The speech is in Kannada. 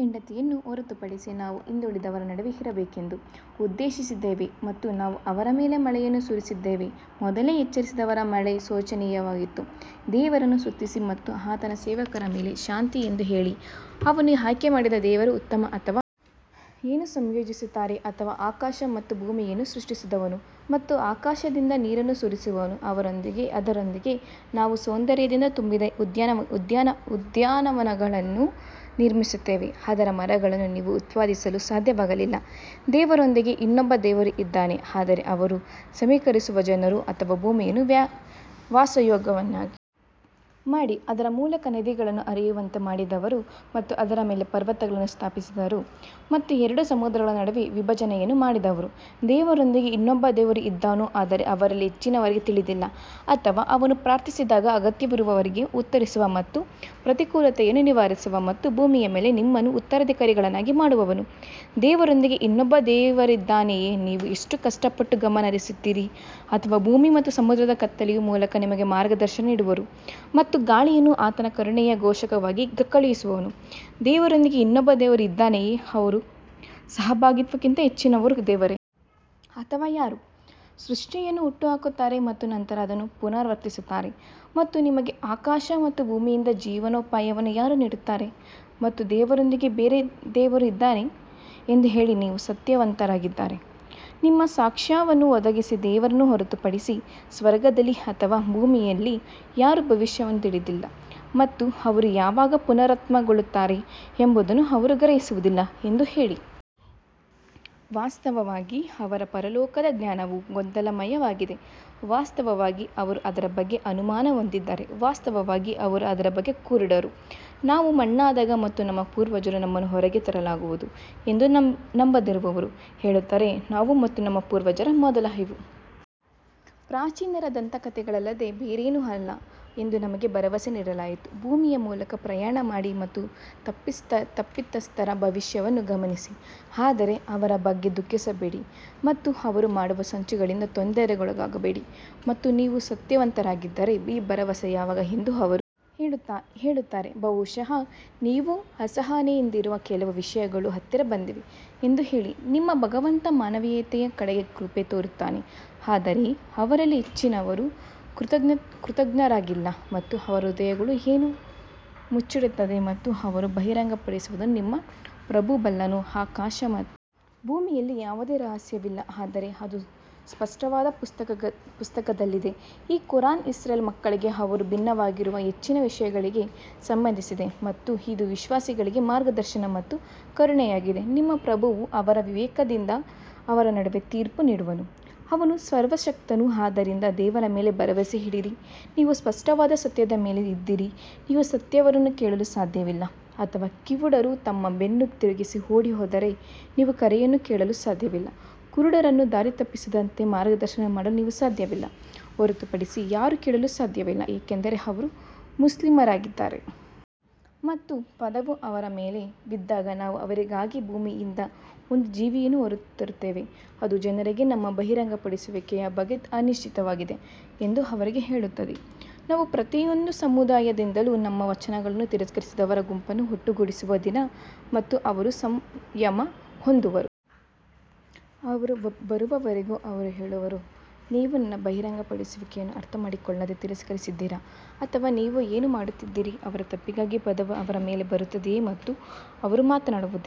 ಹೆಂಡತಿಯನ್ನು ಹೊರತುಪಡಿಸಿ ನಾವು ಹಿಂದುಳಿದವರ ನಡುವೆ ಇರಬೇಕೆಂದು ಉದ್ದೇಶಿಸಿದ್ದೇವೆ ಮತ್ತು ನಾವು ಅವರ ಮೇಲೆ ಮಳೆಯನ್ನು ಸುರಿಸಿದ್ದೇವೆ, ಮೊದಲೇ ಎಚ್ಚರಿಸಿದವರ ಮಳೆ ಶೋಚನೀಯವಾಗಿತ್ತು ದೇವರನ್ನು ಸ್ತುತಿಸಿ ಮತ್ತು ಆತನ ಸೇವಕರ ಮೇಲೆ ಶಾಂತಿ ಎಂದು ಹೇಳಿ, ಅವನು ಆಯ್ಕೆ ಮಾಡಿದ ದೇವರೇ ಉತ್ತಮ ಅಥವಾ ಅವರು ಏನು ಸಂಯೋಜಿಸುತ್ತಾರೆ ಅಥವಾ ಆಕಾಶ ಮತ್ತು ಭೂಮಿಯನ್ನು ಸೃಷ್ಟಿಸಿದವನು ಮತ್ತು ಆಕಾಶದಿಂದ ನೀರನ್ನು ಸುರಿಸುವವನು ಅದರೊಂದಿಗೆ ನಾವು ಸೌಂದರ್ಯದಿಂದ ತುಂಬಿದ ಉದ್ಯಾನವನಗಳನ್ನು ನಿರ್ಮಿಸುತ್ತೇವೆ, ಅದರ ಮರಗಳನ್ನು ನೀವು ಉತ್ಪಾದಿಸಲು ಸಾಧ್ಯವಾಗಲಿಲ್ಲ, ದೇವರೊಂದಿಗೆ ಇನ್ನೊಬ್ಬ ದೇವರು ಇದ್ದಾನೆ ಆದರೆ ಅವರು ಸಮೀಕರಿಸುವ ಜನರು ಅಥವಾ ಭೂಮಿಯನ್ನು ವಾಸಯೋಗ್ಯವನ್ನಾಗಿ ಮಾಡಿ ಅದರ ಮೂಲಕ ನದಿಗಳನ್ನು ಹರಿಯುವಂತೆ ಮಾಡಿದವರು ಮತ್ತು ಅದರ ಮೇಲೆ ಪರ್ವತಗಳನ್ನು ಸ್ಥಾಪಿಸಿದರು ಮತ್ತು ಎರಡು ಸಮುದ್ರಗಳ ನಡುವೆ ವಿಭಜನೆಯನ್ನು ಮಾಡಿದವರು ದೇವರೊಂದಿಗೆ ಇನ್ನೊಬ್ಬ ದೇವರು ಇದ್ದಾನೋ ಆದರೆ ಅವರಲ್ಲಿ ಹೆಚ್ಚಿನವರಿಗೆ ತಿಳಿದಿಲ್ಲ ಅಥವಾ ಅವನು ಪ್ರಾರ್ಥಿಸಿದಾಗ ಅಗತ್ಯವಿರುವವರಿಗೆ ಉತ್ತರಿಸುವ ಮತ್ತು ಪ್ರತಿಕೂಲತೆಯನ್ನು ನಿವಾರಿಸುವ ಮತ್ತು ಭೂಮಿಯ ಮೇಲೆ ನಿಮ್ಮನ್ನು ಉತ್ತರಾಧಿಕಾರಿಗಳನ್ನಾಗಿ ಮಾಡುವವನು ದೇವರೊಂದಿಗೆ ಇನ್ನೊಬ್ಬ ದೇವರಿದ್ದಾನೆಯೇ ನೀವು ಎಷ್ಟು ಕಷ್ಟಪಟ್ಟು ಗಮನ ಹರಿಸುತ್ತೀರಿ ಅಥವಾ ಭೂಮಿ ಮತ್ತು ಸಮುದ್ರದ ಕತ್ತಲೆಯ ಮೂಲಕ ನಿಮಗೆ ಮಾರ್ಗದರ್ಶನ ನೀಡುವವರು ಮತ್ತು ಗಾಳಿಯನ್ನು ಆತನ ಕರುಣೆಯ ಘೋಷಕವಾಗಿ ಕಳುಹಿಸುವವನು ದೇವರೊಂದಿಗೆ ಇನ್ನೊಬ್ಬ ದೇವರು ಇದ್ದಾನೆಯೇ ಅವರು ಸಹಭಾಗಿತ್ವಕ್ಕಿಂತ ಹೆಚ್ಚಿನವರು ದೇವರೇ? ಅಥವಾ ಯಾರು ಸೃಷ್ಟಿಯನ್ನು ಹುಟ್ಟುಹಾಕುತ್ತಾರೆ ಮತ್ತು ನಂತರ ಅದನ್ನು ಪುನರಾವರ್ತಿಸುತ್ತಾರೆ ಮತ್ತು ನಿಮಗೆ ಆಕಾಶ ಮತ್ತು ಭೂಮಿಯಿಂದ ಜೀವನೋಪಾಯವನ್ನು ಯಾರು ನೀಡುತ್ತಾರೆ ಮತ್ತು ದೇವರೊಂದಿಗೆ ಬೇರೆ ದೇವರು ಇದ್ದಾನೆ ಎಂದು ಹೇಳಿ ನೀವು ಸತ್ಯವಂತರಾಗಿದ್ದರೆ ನಿಮ್ಮ ಸಾಕ್ಷ್ಯವನ್ನು ಒದಗಿಸಿ ದೇವರನ್ನು ಹೊರತುಪಡಿಸಿ ಸ್ವರ್ಗದಲ್ಲಿ ಅಥವಾ ಭೂಮಿಯಲ್ಲಿ ಯಾರೂ ಭವಿಷ್ಯವನ್ನು ತಿಳಿದಿಲ್ಲ ಮತ್ತು ಅವರು ಯಾವಾಗ ಪುನರುತ್ಥಾನಗೊಳ್ಳುತ್ತಾರೆ ಎಂಬುದನ್ನು ಅವರು ಗ್ರಹಿಸುವುದಿಲ್ಲ ಎಂದು ಹೇಳಿ. ವಾಸ್ತವವಾಗಿ ಅವರ ಪರಲೋಕದ ಜ್ಞಾನವು ಗೊಂದಲಮಯವಾಗಿದೆ ವಾಸ್ತವವಾಗಿ ಅವರು ಅದರ ಬಗ್ಗೆ ಅನುಮಾನ ಹೊಂದಿದ್ದಾರೆ ವಾಸ್ತವವಾಗಿ ಅವರು ಅದರ ಬಗ್ಗೆ ಕುರುಡರು ನಾವು ಮಣ್ಣಾದಾಗ ಮತ್ತು ನಮ್ಮ ಪೂರ್ವಜರು ನಮ್ಮನ್ನು ಹೊರಗೆ ತರಲಾಗುವುದು ಎಂದು ನಂಬದಿರುವವರು ಹೇಳುತ್ತಾರೆ ನಾವು ಮತ್ತು ನಮ್ಮ ಪೂರ್ವಜರ ಮೊದಲು ಇವು ಪ್ರಾಚೀನರ ದಂತಕಥೆಗಳಲ್ಲದೆ ಬೇರೇನೂ ಅಲ್ಲ ಎಂದು ನಮಗೆ ಭರವಸೆ ನೀಡಲಾಯಿತು ಭೂಮಿಯ ಮೂಲಕ ಪ್ರಯಾಣ ಮಾಡಿ ಮತ್ತು ತಪ್ಪಿತಸ್ಥರ ಭವಿಷ್ಯವನ್ನು ಗಮನಿಸಿ ಆದರೆ ಅವರ ಬಗ್ಗೆ ದುಃಖಿಸಬೇಡಿ ಮತ್ತು ಅವರು ಮಾಡುವ ಸಂಚುಗಳಿಂದ ತೊಂದರೆಗೊಳಗಾಗಬೇಡಿ ಮತ್ತು ನೀವು ಸತ್ಯವಂತರಾಗಿದ್ದರೆ ಈ ಭರವಸೆ ಯಾವಾಗ ಎಂದು ಅವರು ಹೇಳುತ್ತಾರೆ ಬಹುಶಃ ನೀವು ಅಸಹನೆಯಿಂದಿರುವ ಕೆಲವು ವಿಷಯಗಳು ಹತ್ತಿರ ಬಂದಿವೆ ಎಂದು ಹೇಳಿ ನಿಮ್ಮ ಭಗವಂತ ಮಾನವೀಯತೆಯ ಕಡೆಗೆ ಕೃಪೆ ತೋರುತ್ತಾನೆ ಆದರೆ ಅವರಲ್ಲಿ ಹೆಚ್ಚಿನವರು ಕೃತಜ್ಞರಾಗಿಲ್ಲ ಮತ್ತು ಅವರ ಹೃದಯಗಳು ಏನು ಮುಚ್ಚಿಡುತ್ತವೆ ಮತ್ತು ಅವರು ಬಹಿರಂಗಪಡಿಸುವುದನ್ನು ನಿಮ್ಮ ಪ್ರಭು ಬಲ್ಲನು ಆಕಾಶ ಮತ್ತು ಭೂಮಿಯಲ್ಲಿ ಯಾವುದೇ ರಹಸ್ಯವಿಲ್ಲ ಆದರೆ ಅದು ಸ್ಪಷ್ಟವಾದ ಪುಸ್ತಕದಲ್ಲಿದೆ ಈ ಕುರಾನ್ ಇಸ್ರೇಲ್ ಮಕ್ಕಳಿಗೆ ಅವರು ಭಿನ್ನವಾಗಿರುವ ಹೆಚ್ಚಿನ ವಿಷಯಗಳಿಗೆ ಸಂಬಂಧಿಸಿದೆ ಮತ್ತು ಇದು ವಿಶ್ವಾಸಿಗಳಿಗೆ ಮಾರ್ಗದರ್ಶನ ಮತ್ತು ಕರುಣೆಯಾಗಿದೆ ನಿಮ್ಮ ಪ್ರಭುವು ಅವರ ವಿವೇಕದಿಂದ ಅವರ ನಡುವೆ ತೀರ್ಪು ನೀಡುವನು, ಅವನು ಸರ್ವಶಕ್ತನು ಆದ್ದರಿಂದ ದೇವರ ಮೇಲೆ ಭರವಸೆಯಿಡಿರಿ ನೀವು ಸ್ಪಷ್ಟವಾದ ಸತ್ಯದ ಮೇಲೆ ಇದ್ದೀರಿ ನೀವು ಸತ್ತವರನ್ನು ಕೇಳಲು ಸಾಧ್ಯವಿಲ್ಲ ಅಥವಾ ಕಿವುಡರು ತಮ್ಮ ಬೆನ್ನು ತಿರುಗಿಸಿ ಓಡಿಹೋದರೆ ನೀವು ಕರೆಯನ್ನು ಕೇಳಲು ಸಾಧ್ಯವಿಲ್ಲ ಕುರುಡರನ್ನು ದಾರಿತಪ್ಪಿಸದಂತೆ ಮಾರ್ಗದರ್ಶನ ಮಾಡಲು ನೀವು ಸಾಧ್ಯವಿಲ್ಲ, ನಮ್ಮ ವಚನಗಳನ್ನು ನಂಬುವವರನ್ನು ಹೊರತುಪಡಿಸಿ ಯಾರೂ ಕೇಳಲು ಸಾಧ್ಯವಿಲ್ಲ ಏಕೆಂದರೆ ಅವರು ಮುಸ್ಲಿಮರಾಗಿದ್ದಾರೆ. ಮತ್ತು ಪದವು ಅವರ ಮೇಲೆ ಬಿದ್ದಾಗ ನಾವು ಅವರಿಗಾಗಿ ಭೂಮಿಯಿಂದ ಒಂದು ಜೀವಿಯನ್ನು ಹೊರತರುತ್ತೇವೆ, ಅದು ಜನರಿಗೆ ನಮ್ಮ ಬಹಿರಂಗಪಡಿಸುವಿಕೆಯ ಬಗ್ಗೆ ಅನಿಶ್ಚಿತವಾಗಿದೆ ಎಂದು ಅವರಿಗೆ ಹೇಳುತ್ತದೆ. ನಾವು ಪ್ರತಿಯೊಂದು ಸಮುದಾಯದಿಂದಲೂ ನಮ್ಮ ವಚನಗಳನ್ನು ತಿರಸ್ಕರಿಸಿದವರ ಗುಂಪನ್ನು ಒಟ್ಟುಗೂಡಿಸುವ ದಿನ ಮತ್ತು ಅವರು ಸಂಯಮ ಹೊಂದುವರು. ಅವರು ಬರುವವರೆಗೂ ಅವರು ಹೇಳುವರು, ನೀವು ನನ್ನ ಬಹಿರಂಗಪಡಿಸುವಿಕೆಯನ್ನು ಅರ್ಥಮಾಡಿಕೊಳ್ಳದೆ ತಿರಸ್ಕರಿಸಿದ್ದೀರಾ ಅಥವಾ ನೀವು ಏನು ಮಾಡುತ್ತಿದ್ದೀರಿ ಅವರ ತಪ್ಪಿಗಾಗಿ ಪದವು ಅವರ ಮೇಲೆ ಬರುತ್ತದೆ ಮತ್ತು ಅವರು ಮಾತನಾಡುವುದಿಲ್ಲ.